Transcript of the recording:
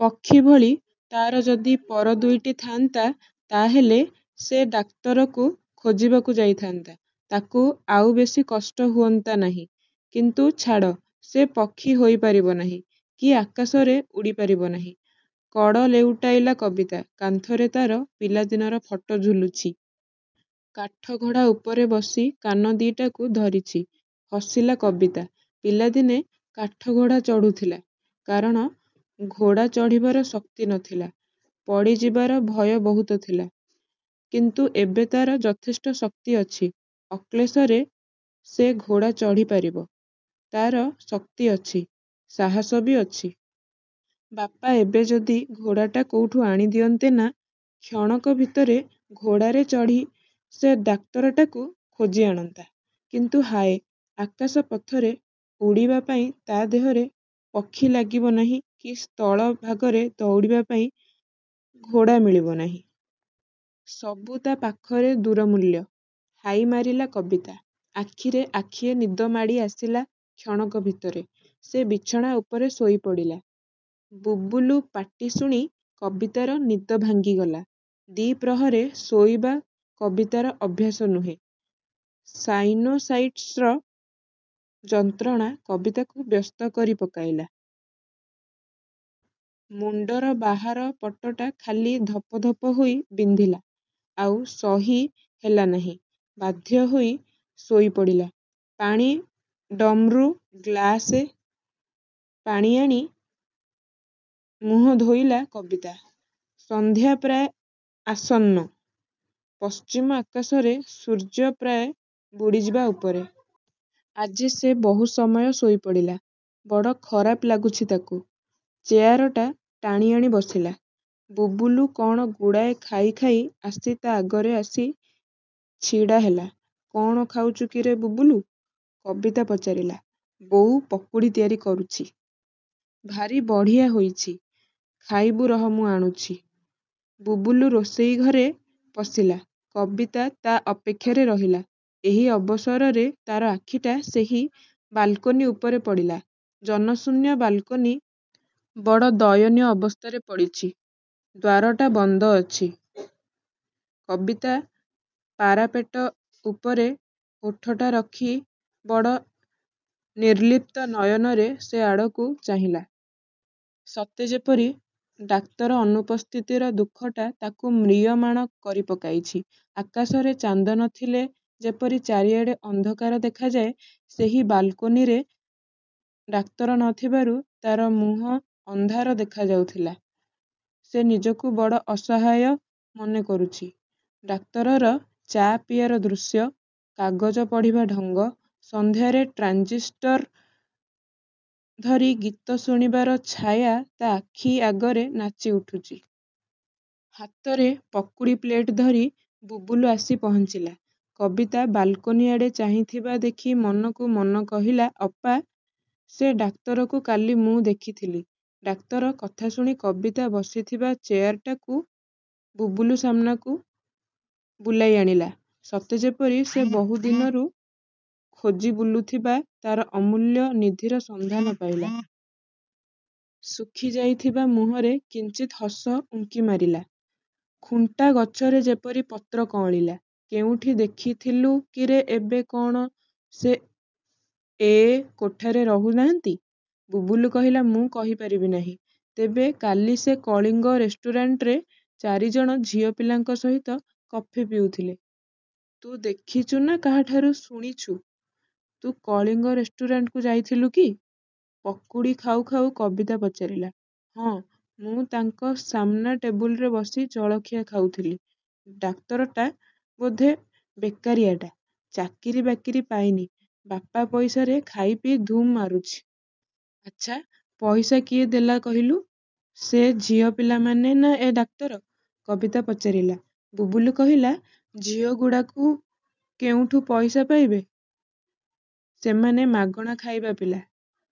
ପକ୍ଷୀଭଳି ତା'ର ଯଦି ପର ଦୁଇଟି ଥା'ନ୍ତା। ତା'ହେଲେ ସେ ଡାକ୍ତରକୁ ଖୋଜିବାକୁ ଯାଇଥା'ନ୍ତା, ତା'କୁ ଆଉ ବେଶି କଷ୍ଟ ହୁଅନ୍ତା ନାହିଁ। କିନ୍ତୁ ଛାଡ଼ ସେ ପକ୍ଷୀ ହୋଇପାରିବ ନାହିଁ, କି ଆକାଶରେ ଉଡ଼ି ପାରିବ ନାହିଁ। କଡ଼ ଲେଉଟାଇଲା କବିତା। କାନ୍ଥରେ ତା'ର ପିଲାଦିନର ଫଟୋ ଝୁଲୁଛି। କାଠଘୋଡ଼ା ଉପରେ ବସି କାନ ଦି'ଟାକୁ ଧରିଛି। ହସିଲା କବିତା। ପିଲାଦିନେ କାଠଘୋଡ଼ା ଚଢ଼ୁଥିଲା। କାରଣ ଘୋଡ଼ା ଚଢ଼ିବାର ଶକ୍ତି ନ ଥିଲା। ପଡ଼ିଯିବାର ଭୟ ବହୁତ ଥିଲା। କିନ୍ତୁ ଏବେ ତା'ର ଯଥେଷ୍ଟ ଶକ୍ତି ଅଛି। ଅକ୍ଳେଶରେ ସେ ଘୋଡ଼ା ଚଢ଼ି ପାରିବ। ତା'ର ଶକ୍ତି ଅଛି, ସାହସ ବି ଅଛି। ବାପା ଏବେ ଯଦି ଘୋଡ଼ାଟା କୋଉଠୁ ଆଣି ଦିଅନ୍ତେ ନା କ୍ଷଣକ ଭିତରେ ଘୋଡ଼ାରେ ଚଢ଼ି ସେ ଡାକ୍ତରଟାକୁ ଖୋଜି ଆଣନ୍ତା। କିନ୍ତୁ ହାଏ ଆକାଶ ପଥରେ ଉଡ଼ିବା ପାଇଁ ତା' ଦେହରେ ପକ୍ଷୀ ଲାଗିବ ନାହିଁ କି ସ୍ଥଳ ଭାଗରେ ଦୌଡ଼ିବା ପାଇଁ ଘୋଡ଼ା ମିଳିବ ନାହିଁ। ସବୁ ତା' ପାଖରେ ଦୂର ମୂଲ୍ୟ। ହାଇ ମାରିଲା କବିତା। ଆଖିରେ ଆଖିଏ ନିଦ ମାଡ଼ି ଆସିଲା କ୍ଷଣକ ଭିତରେ, ସେ ବିଛଣା ଉପରେ ଶୋଇପଡ଼ିଲା। ବୁବୁଲୁ ପାଟି ଶୁଣି କବିତାର ନିଦ ଭାଙ୍ଗିଗଲା। ଦି'ପ୍ରହରେ ଶୋଇବା କବିତାର ଅଭ୍ୟାସ ନୁହେଁ। ସାଇନୋସାଇଟ୍ସର ଯନ୍ତ୍ରଣା କବିତାକୁ ବ୍ୟସ୍ତ କରି ପକାଇଲା। ମୁଣ୍ଡର ବାହାର ପଟଟା ଖାଲି ଧପ ଧପ ହୋଇ ବିନ୍ଧିଲା। ଆଉ ସହି ହେଲା ନାହିଁ। ବାଧ୍ୟ ହୋଇ ଶୋଇ ପଡ଼ିଲା। ପାଣି ଡମ୍ରୁ ଗ୍ଳାସେ ପାଣି ଆଣି ମୁହଁ ଧୋଇଲା କବିତା। ସନ୍ଧ୍ୟା ପ୍ରାଏ ଆସନ୍ନ। ପଶ୍ଚିମ ଆକାଶରେ ସୂର୍ଯ୍ୟ ପ୍ରାୟ ବୁଡ଼ିଯିବା ଉପରେ। ଆଜି ସେ ବହୁ ସମୟ ଶୋଇ ପଡ଼ିଲା। ବଡ଼ ଖରାପ ଲାଗୁଛି ତା'କୁ। ଚେୟାରଟା ଟାଣିଆଣି ବସିଲା। ବୁବୁଲୁ କ'ଣ ଗୁଡ଼ାଏ ଖାଇ ଖାଇ ଆସି ତା'ଆଗରେ ଆସି ଛିଡ଼ା ହେଲା। କ'ଣ ଖାଉଛୁ କିରେ ବୁବୁଲୁ? କବିତା ପଚାରିଲା। ବୋଉ ପକୁଡ଼ି ତିଆରି କରୁଛି। ଭାରି ବଢ଼ିଆ ହୋଇଛି। ଖାଇବୁ ରହ ମୁଁ ଆଣୁଛି। ବୁବୁଲୁ ରୋଷେଇ ଘରେ ପଶିଲା। କବିତା ତା' ଅପେକ୍ଷାରେ ରହିଲା। ଏହି ଅବସରରେ ତା'ର ଆଖିଟା ସେହି ବାଲକୋନି ଉପରେ ପଡ଼ିଲା। ଜନଶୂନ୍ୟ ବାଲକୋନି ବଡ଼ ଦୟନୀୟ ଅବସ୍ଥାରେ ପଡ଼ିଛି। ଦ୍ୱାରଟା ବନ୍ଦ ଅଛି। କବିତା ପାରାପେଟ ଉପରେ ଓଠଟା ରଖି ବଡ଼ ନିର୍ଲିପ୍ତ ନୟନରେ ସେ ଆଡ଼କୁ ଚାହିଁଲା,। ସତେ ଯେପରି ଡାକ୍ତର ଅନୁପସ୍ଥିତିର ଦୁଃଖଟା ତା'କୁ ମ୍ରିୟମାଣ କରି ପକାଇଛି। ଆକାଶରେ ଚାନ୍ଦ ନ ଥିଲେ ଯେପରି ଚାରିଆଡ଼େ ଅନ୍ଧକାର ଦେଖାଯାଏ, ସେହି ବାଲକୋନିରେ ଡାକ୍ତର ନ ଥିବାରୁ ତା'ର ମୁହଁ ଅନ୍ଧାର ଦେଖାଯାଉଥିଲା। ସେ ନିଜକୁ ବଡ଼ ଅସହାୟ ମନେ କରୁଛି। ଡାକ୍ତରର ଚା' ପିଆର ଦୃଶ୍ୟ, କାଗଜ ପଢ଼ିବା ଢଙ୍ଗ, ସନ୍ଧ୍ୟାରେ ଟ୍ରାଞ୍ଜିଷ୍ଟର ଧରି ଗୀତ ଶୁଣିବାର ଛାୟା ତା' ଆଖି ଆଗରେ ନାଚି ଉଠୁଛି। ହାତରେ ପକୁଡ଼ି ପ୍ଳେଟ ଧରି ବୁବୁଲୁ ଆସି ପହଞ୍ଚିଲା। କବିତା ବାଲକୋନି ଆଡ଼େ ଚାହିଁଥିବା ଦେଖି ମନକୁ ମନ କହିଲା ଅପା, ସେ ଡାକ୍ତରକୁ କାଲି ମୁଁ ଦେଖିଥିଲି। ଡାକ୍ତର କଥାଶୁଣି କବିତା ବସିଥିବା ଚେୟାରଟାକୁ ବୁବୁଲୁ ସାମନାକୁ ବୁଲାଇ ଆଣିଲା। ସତେ ଯେପରି ସେ ବହୁ ଦିନରୁ ଖୋଜି ବୁଲୁଥିବା ତା'ର ଅମୂଲ୍ୟ ନିଧିର ସନ୍ଧାନ ପାଇଲା। ଶୁଖିଯାଇଥିବା ମୁହଁରେ କିଞ୍ଚିତ୍ ହସ ଉଙ୍କି ମାରିଲା। ଖୁଣ୍ଟା ଗଛରେ ଯେପରି ପତ୍ର କଅଁଳିଲା। କେଉଁଠି ଦେଖିଥିଲୁ କିରେ ଏବେ କ'ଣ ସେ ଏ କୋଠାରେ ରହୁ ନାହାନ୍ତି? ବୁବୁଲୁ କହିଲା ମୁଁ କହିପାରିବି ନାହିଁ। ତେବେ କାଲି ସେ କଳିଙ୍ଗ ରେଷ୍ଟୁରାଣ୍ଟରେ ଚାରିଜଣ ଝିଅପିଲାଙ୍କ ସହିତ କଫି ପିଉଥିଲେ। ତୁ ଦେଖିଛୁ ନା କାହାଠାରୁ ଶୁଣିଛୁ। ତୁ କଳିଙ୍ଗ ରେଷ୍ଟୁରାଣ୍ଟକୁ ଯାଇଥିଲୁ କି? ପକୁଡ଼ି ଖାଉ ଖାଉ କବିତା ପଚାରିଲା। ହଁ ମୁଁ ତାଙ୍କ ସାମନା ଟେବୁଲରେ ବସି ଜଳଖିଆ ଖାଉଥିଲି। ଡାକ୍ତରଟା ବୋଧେ ବେକାରିଆଟା। ଚାକିରି ବାକିରି ପାଇନି। ବାପା ପଇସାରେ ଖାଇପିଇ ଧୁମ୍ ମାରୁଛି। ଆଚ୍ଛା ପଇସା କିଏ ଦେଲା କହିଲୁ? ସେ ଝିଅପିଲାମାନେ ନା ଏ ଡାକ୍ତର? କବିତା ପଚାରିଲା। ବୁବୁଲୁ କହିଲା, ଝିଅଗୁଡ଼ାକୁ କେଉଁଠୁ ପଇସା ପାଇବେ। ସେମାନେ ମାଗଣା ଖାଇବା ପିଲା।